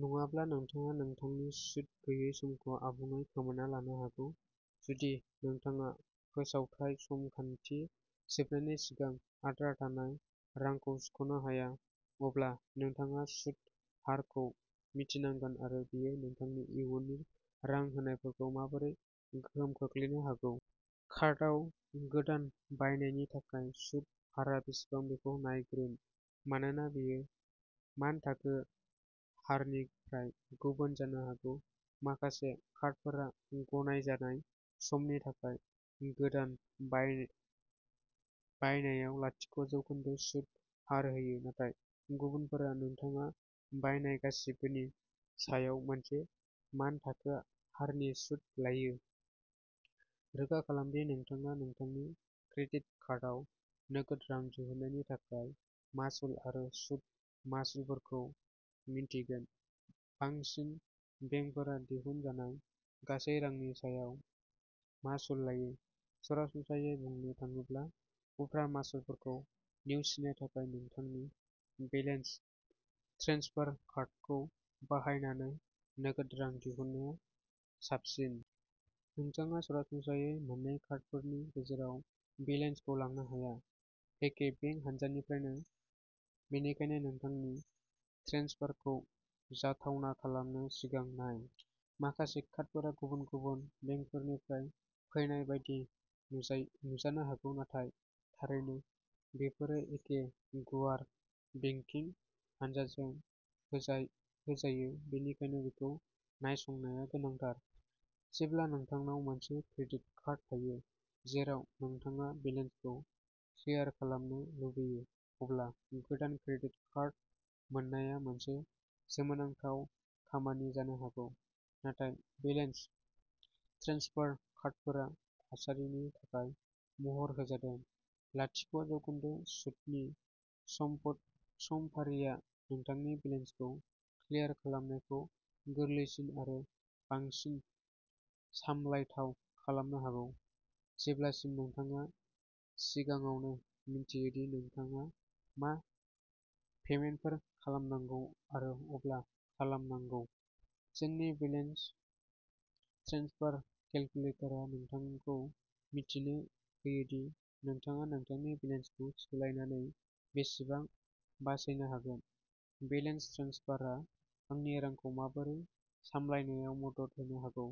नङाब्ला नोंथाङा नोंथांनि सुद गैयै समखौ आबुङै खोमाना लानो हागौ। जुदि नोंथाङा फोसावथाय समगान्थि जोबनायनि सिगां आद्रा थानाय रांखौ सुख'नो हाया, अब्ला नोंथाङा सुद हारखौ मिथिनांगोन आरो बेयो नोंथांनि इयुननि रां होनायफोरखौ माबोरै गोहोम खोख्लैनो हागौ। कार्डआव गोदान बायनायनि थाखाय सुत हारआ बेसेबां बेखौ नायग्रोम, मानोना बेयो मानथाखो हारनिफ्राय गुबुन जानो हागौ। माखासे कार्डफोरा गनायजानाय समनि थाखाय गोदान बाय बायनायाव लाथिक' जौखोन्दो सुत हार होयो, नाथाय गुबुनफोरा नोंथाङा बायनाय गासिबोनि सायाव मोनसे मानथाखोआ हारनि सुत लायो। रोखा खालाम दि नोंथाङा नोंथांनि क्रेडिट कार्डआव नोगोद रां दिहुननायनि थाखाय मासुल आरो सुद मासुलफोरखौ मिन्थिगोन। बांसिन बेंकफोरा दिहुनजानाय गासै रांनि सायाव मासुल लायो। सरासनस्रायै बुंनो थाङोब्ला, उफ्रा मासुलफोरखौ नेवसिनो थाखाय नोंथांनि बेलेन्स ट्रेन्सफार कार्डखौ बाहायनानै नोगोद रां दिहुननाया साबसिन। नोंथाङा सरासनस्रायै मोन्नै कार्डफोरनि गेजेराव बेलेन्सखौ लांनो हाया। एखे बेंक हानजानिफ्रायनो, बेनिखायनो नोंथांनि ट्रेन्सफारखौ जाथावना खालामनो सिगां नाय। माखासे कार्डफोरा गुबुन-गुबुन बेंकफोरनिफ्राय फैनाय बायदि नुजायो नुजानो हागौ, नाथाय थारैनो बेफोरो एखे गुवार बेंकिं हानजाजों होजाय होजायो, बेनिखायनो बेखौ नायसंनाया गोनांथार। जेब्ला नोंथांनाव मोनसे क्रेडिट कार्ड थायो, जेराव नोंथांआ बेलेन्सखौ क्लियार खालामनो लुबैयो, अब्ला गोदान क्रेडिट कार्ड मोननाया मोनसे सोमोनांथाव खामानि जानो हागौ। नाथाय बेलेन्स ट्रेन्सपार कार्डफोरा थासारिनि थाखाय महर होजादों। लाथिक' जौखोन्दो सुटनि समपद समफारिया नोंथांनि बेलेन्सखौ क्लियार खालामनायखौ गोरलैसिन आरो बांसिन सामलायथाव खालामनो हागौ, जेब्लासिम नोंथांआ सिगांआवनो मिन्थियो दि नोंथांआ मां पेमेन्टफोर खालामनांगौ आरो अब्ला खालामनांगौ। जोंनि बेलेन्स ट्रेन्सफार केलकुलेटरआ नोंथांखौ मिथिनो होयो दि नोंथाङा नोंथांनि बेलेन्सखौ सोलायनानै बेसेबां बासायनो हागोन। बेलेन्स ट्रेन्सफारआ आंनि रांखौ माबोरै सामलायनायाव मदद होनो हागौ?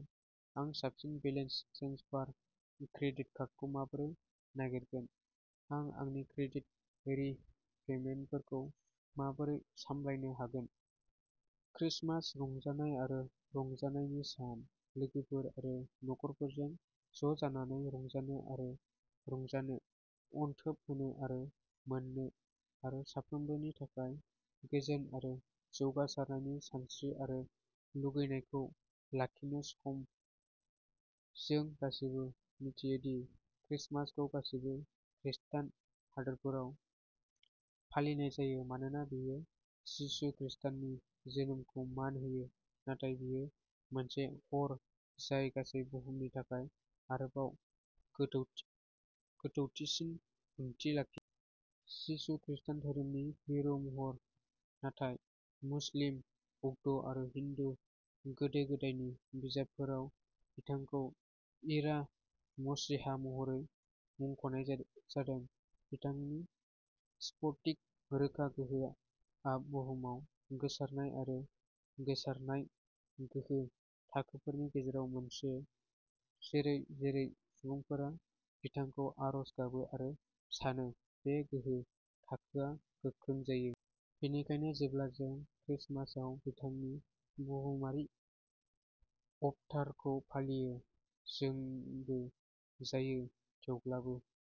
आं साबसिन बेलेन्स ट्रेन्सफार क्रेडिट कार्डखौ माबोरै नागिरगोन? आं आंनि क्रेडिट रि-पेमेन्टफोरखौ माबोरै सामलायनो हागोन? क्रिसमास रंजानाय आरो रंजानायनि सान। लोगोफोर आरो नखरफोरजों ज'जानानै रंजानो आरो रंजानो, अनथोब होनो आरो मोन्नो, आरो साफ्रोमनिबो थाखाय गोजोन आरो जौगासारनायनि सानस्रि आरो लुबैनायखौ लाखिनो सम। जों गासैबो मिथियो दि क्रिसमासखौ गासैबो खृस्टान हादोरफोराव फालिनाय जायो मानोना बेयो जिसु खृस्टाननि जोनोमखौ मान होयो, नाथाय बेयो मोनसे हर जाय गासै बुहुमनि थाखाय आरोबाव गोथौथि गोथौथिसिन ओंथि लाखियो। जिसु खृस्टान धोरोमनि मिरु महर, नाथाय मुस्लिम, बौद्ध आरो हिन्दु गोदो गोदायनि बिजाबफोराव बिथांखौ इरा मसीहा महरै मुंख'नाय जादो जादों। बिथांनि स्फटिक रोखा गोहोआ आ बुहुमाव गोसारनाय आरो गोसारनाय गोहो थाखोफोरनि गेजेराव मोनसे। जेरै-जेरै सुबुंफोरा बिथांखौ आरज गाबो आरो सानो, बे गोहो थाखोआ गोख्रों जायो। बेनिखायनो जेब्ला जों क्रिसमासआव बिथांनि बुहुमारि अबतारखौ फालियो, जोंबो जायो, थेवब्लाबो।